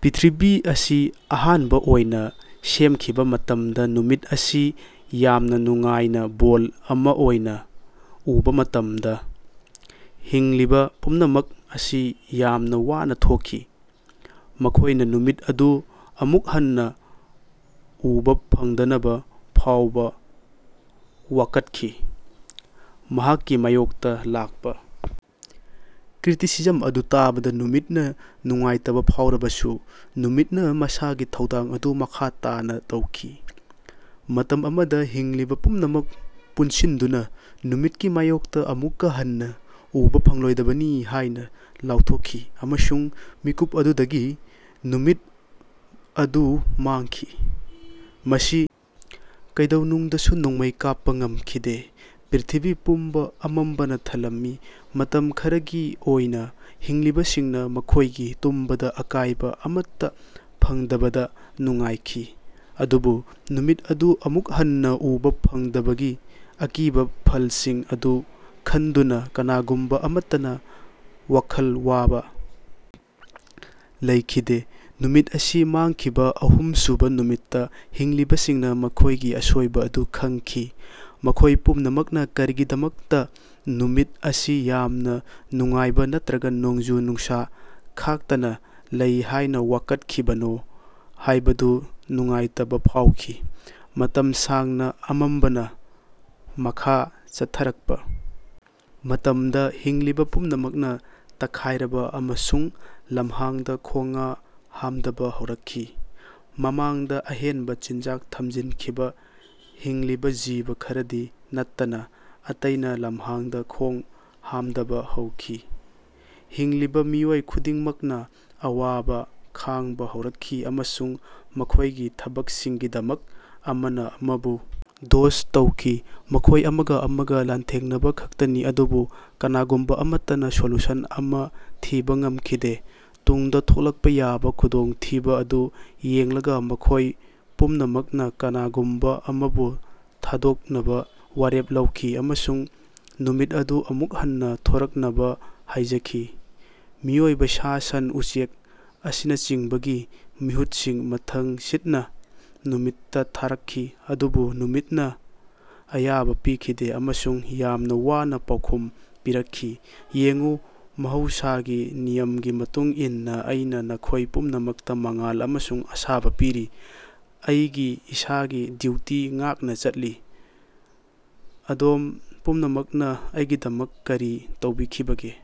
ꯄ꯭ꯔ꯭ꯤꯊꯤꯕꯤ ꯑꯁꯤ ꯑꯍꯥꯟꯕꯥ ꯑꯣꯏꯅꯥ ꯁꯦꯝꯈꯤꯕꯥ ꯃꯇꯝꯗ ꯅꯨꯃꯤꯠ ꯑꯁꯤ ꯌꯥꯝꯅꯥ ꯅꯨꯡꯉꯥꯏꯅꯥ ꯕꯣꯜ ꯑꯃꯥ ꯑꯣꯏꯅꯥ ꯎꯕꯥ ꯃꯇꯝꯗꯥ ꯍꯤꯡꯂꯤꯕꯥ ꯄꯨꯝꯅꯃꯛ ꯑꯁꯤ ꯌꯥꯝꯅꯥ ꯋꯥꯅꯥ ꯊꯣꯛꯈꯤ꯫ ꯃꯈꯣꯏꯅꯥ ꯅꯨꯃꯤꯠ ꯑꯗꯨ ꯑꯃꯨꯛ ꯍꯟꯅꯥ ꯎꯕꯥ ꯐꯪꯗꯅꯕꯥ ꯐꯥꯎꯕꯥ ꯋꯥꯀꯠꯈꯤ꯫ ꯃꯍꯥꯛꯀꯤ ꯃꯥꯌꯣꯛꯇꯥ ꯂꯥꯛꯄꯥ ꯀ꯭ꯔꯤꯇꯤꯁꯤꯖꯝ ꯑꯗꯨ ꯇꯥꯕꯗꯥ ꯅꯨꯃꯤꯠꯅꯥ ꯅꯨꯡꯉꯥꯏꯇꯕꯥ ꯐꯥꯎꯔꯕꯁꯨ ꯅꯨꯃꯤꯠꯅꯥ ꯃꯁꯥꯒꯤ ꯊꯧꯗꯥꯡ ꯑꯗꯨ ꯃꯈꯥ ꯇꯥꯅꯥ ꯇꯧꯈꯤ꯫ ꯃꯇꯝ ꯑꯃꯗꯥ ꯍꯤꯡꯂꯤꯕꯥ ꯄꯨꯝꯅꯃꯛ ꯄꯨꯟꯁꯤꯟꯗꯨꯅꯥ ꯅꯨꯃꯤꯠꯀꯤ ꯃꯥꯌꯣꯛꯇꯥ ꯑꯃꯨꯛꯀꯥ ꯍꯟꯅꯥ ꯎꯕꯥ ꯐꯪꯂꯣꯏꯗꯕꯅꯤ ꯍꯥꯏꯅꯥ ꯂꯥꯎꯊꯣꯛꯈꯤ ꯑꯃꯁꯨꯡ ꯃꯤꯀꯨꯞ ꯑꯗꯨꯗꯒꯤ ꯅꯨꯃꯤꯠ ꯑꯗꯨ ꯃꯥꯡꯈꯤ꯫ ꯃꯁꯤ ꯀꯩꯗꯧꯅꯨꯡꯗꯁꯨ ꯅꯣꯡꯃꯩ ꯀꯥꯞꯄꯥ ꯉꯝꯈꯤꯗꯦ꯫ ꯄ꯭ꯔ꯭ꯤꯊꯤꯕꯤ ꯄꯨꯝꯕꯥ ꯑꯃꯝꯕꯅꯥ ꯊꯜꯂꯝꯃꯤ꯫ ꯃꯇꯝ ꯈꯔꯒꯤ ꯑꯣꯏꯅꯥ ꯍꯤꯡꯂꯤꯕꯁꯤꯡꯅꯥ ꯃꯈꯣꯏꯒꯤ ꯇꯨꯝꯕꯗꯥ ꯑꯀꯥꯏꯕꯥ ꯑꯃꯠꯇꯥ ꯐꯪꯗꯕꯗꯥ ꯅꯨꯡꯉꯥꯏꯈꯤ꯫ ꯑꯗꯨꯕꯨ ꯅꯨꯃꯤꯠ ꯑꯗꯨ ꯑꯃꯨꯛ ꯍꯟꯅꯥ ꯎꯕꯥ ꯐꯪꯗꯕꯒꯤ ꯑꯀꯤꯕꯥ ꯐꯜꯁꯤꯡ ꯑꯗꯨ ꯈꯟꯗꯨꯅꯥ ꯀꯅꯥꯒꯨꯝꯕꯥ ꯑꯃꯠꯇꯅꯥ ꯋꯥꯈꯜ ꯋꯥꯕꯥ ꯂꯩꯈꯤꯗꯦ꯫ ꯅꯨꯃꯤꯠ ꯑꯁꯤ ꯃꯥꯡꯈꯤꯕꯥ ꯑꯍꯨꯝꯁꯨꯕꯥ ꯅꯨꯃꯤꯠꯇꯥ ꯍꯤꯡꯂꯤꯕꯁꯤꯡꯅꯥ ꯃꯈꯣꯏꯒꯤ ꯑꯁꯣꯏꯕꯥ ꯑꯗꯨ ꯈꯪꯈꯤ꯫ ꯃꯈꯣꯏ ꯄꯨꯝꯅꯃꯛꯅꯥ ꯀꯔꯤꯒꯤꯗꯃꯛꯇꯥ ꯅꯨꯃꯤꯠ ꯑꯁꯤ ꯌꯥꯝꯅꯥ ꯅꯨꯡꯉꯥꯏꯕꯥ ꯅꯠꯇ꯭ꯔꯒꯥ ꯅꯣꯡꯖꯨ ꯅꯨꯡꯁꯥ ꯈꯥꯛꯇꯅꯥ ꯂꯩ ꯍꯥꯏꯅꯥ ꯋꯥꯀꯠꯈꯤꯕꯅꯣ ꯍꯥꯏꯕꯗꯨ ꯅꯨꯡꯉꯥꯏꯇꯕꯥ ꯐꯥꯎꯈꯤ꯫ ꯃꯇꯝ ꯁꯥꯡꯅꯥ ꯑꯃꯝꯕꯅꯥ ꯃꯈꯥ ꯆꯠꯊꯔꯛꯄꯥ ꯃꯇꯝꯗꯥ ꯍꯤꯡꯂꯤꯕꯥ ꯄꯨꯝꯅꯃꯛꯅꯥ ꯇꯛꯈꯥꯏꯔꯕꯥ ꯑꯃꯁꯨꯡ ꯂꯝꯍꯥꯡꯗꯥ ꯈꯣꯉ ꯍꯥꯝꯗꯕꯥ ꯍꯧꯔꯛꯈꯤ꯫ ꯃꯃꯥꯡꯗꯥ ꯑꯍꯦꯟꯕꯥ ꯆꯤꯟꯖꯥꯛ ꯊꯝꯖꯤꯟꯈꯤꯕꯥ ꯍꯤꯡꯂꯤꯕꯥ ꯖꯤꯕ ꯈꯔꯗꯤ ꯅꯠꯇꯅꯥ ꯑꯇꯩꯅꯥ ꯂꯝꯍꯥꯡꯗꯥ ꯈꯣꯡ ꯍꯥꯝꯗꯕꯥ ꯍꯧꯈꯤ꯫ ꯍꯤꯡꯂꯤꯕꯥ ꯃꯤꯑꯣꯏ ꯈꯨꯗꯤꯡꯃꯛꯅꯥ ꯑꯋꯥꯕꯥ ꯈꯥꯡꯕꯥ ꯍꯧꯔꯛꯈꯤ ꯑꯃꯁꯨꯡ ꯃꯈꯣꯏꯒꯤ ꯊꯕꯛꯁꯤꯡꯒꯤꯗꯃꯛ ꯑꯃꯅꯥ ꯑꯃꯕꯨ ꯗꯣꯁ ꯇꯧꯈꯤ꯫ ꯃꯈꯣꯏ ꯑꯃꯒꯥ ꯑꯃꯒꯥ ꯂꯥꯟꯊꯦꯡꯅꯕꯈꯛꯇꯅꯤ ꯑꯗꯨꯕꯨ ꯀꯅꯥꯒꯨꯝꯕꯥ ꯑꯃꯠꯇꯅꯥ ꯁꯣꯂꯨꯁꯟ ꯑꯃꯥ ꯊꯤꯕꯥ ꯉꯝꯈꯤꯗꯦ꯫ ꯇꯨꯡꯗꯥ ꯊꯣꯛꯂꯛꯄꯥ ꯌꯥꯕꯥ ꯈꯨꯗꯣꯡꯊꯤꯕꯥ ꯑꯗꯨ ꯌꯦꯡꯂꯒꯥ ꯃꯈꯣꯏ ꯄꯨꯝꯅꯃꯛꯅꯥ ꯀꯅꯥꯒꯨꯝꯕꯥ ꯑꯃꯕꯨ ꯊꯥꯗꯣꯛꯅꯕꯥ ꯋꯥꯔꯦꯞ ꯂꯧꯈꯤ ꯑꯃꯁꯨꯡ ꯅꯨꯃꯤꯠ ꯑꯗꯨ ꯑꯃꯨꯛ ꯍꯟꯅꯥ ꯊꯣꯔꯛꯅꯕꯥ ꯍꯥꯏꯖꯈꯤ꯫ ꯃꯤꯑꯣꯏꯕꯥ ꯁꯥ ꯁꯟ ꯎꯆꯦꯛ ꯑꯁꯤꯅꯆꯤꯡꯕꯒꯤ ꯃꯤꯍꯨꯠꯁꯤꯡ ꯃꯊꯪꯁꯤꯠꯅꯥ ꯅꯨꯃꯤꯠꯇꯥ ꯊꯥꯔꯛꯈꯤ ꯑꯗꯨꯕꯨ ꯅꯨꯃꯤꯠꯅꯥ ꯑꯌꯥꯕꯥ ꯄꯤꯈꯤꯗꯦ ꯑꯃꯁꯨꯡ ꯌꯥꯝꯅꯥ ꯋꯥꯅꯥ ꯄꯥꯎꯈꯨꯝ ꯄꯤꯔꯛꯈꯤ ꯌꯦꯡꯎ ꯃꯍꯧꯁꯥꯒꯤ ꯅꯤꯌꯝꯒꯤ ꯃꯇꯨꯡ ꯏꯟꯅꯥ ꯑꯩꯅꯥ ꯅꯈꯣꯏ ꯄꯨꯝꯅꯃꯛꯇꯥ ꯃꯉꯥꯜ ꯑꯃꯁꯨꯡ ꯑꯁꯥꯕꯥ ꯄꯤꯔꯤ꯫ ꯑꯩꯒꯤ ꯏꯁꯥꯒꯤ ꯗ꯭ꯌꯨꯇꯤ ꯉꯥꯛꯅꯥ ꯆꯠꯂꯤ꯫ ꯑꯗꯣꯝ ꯄꯨꯝꯅꯃꯛꯅꯥ ꯑꯩꯒꯤꯗꯃꯛ ꯀꯔꯤ ꯇꯧꯈꯤꯕꯒꯦ?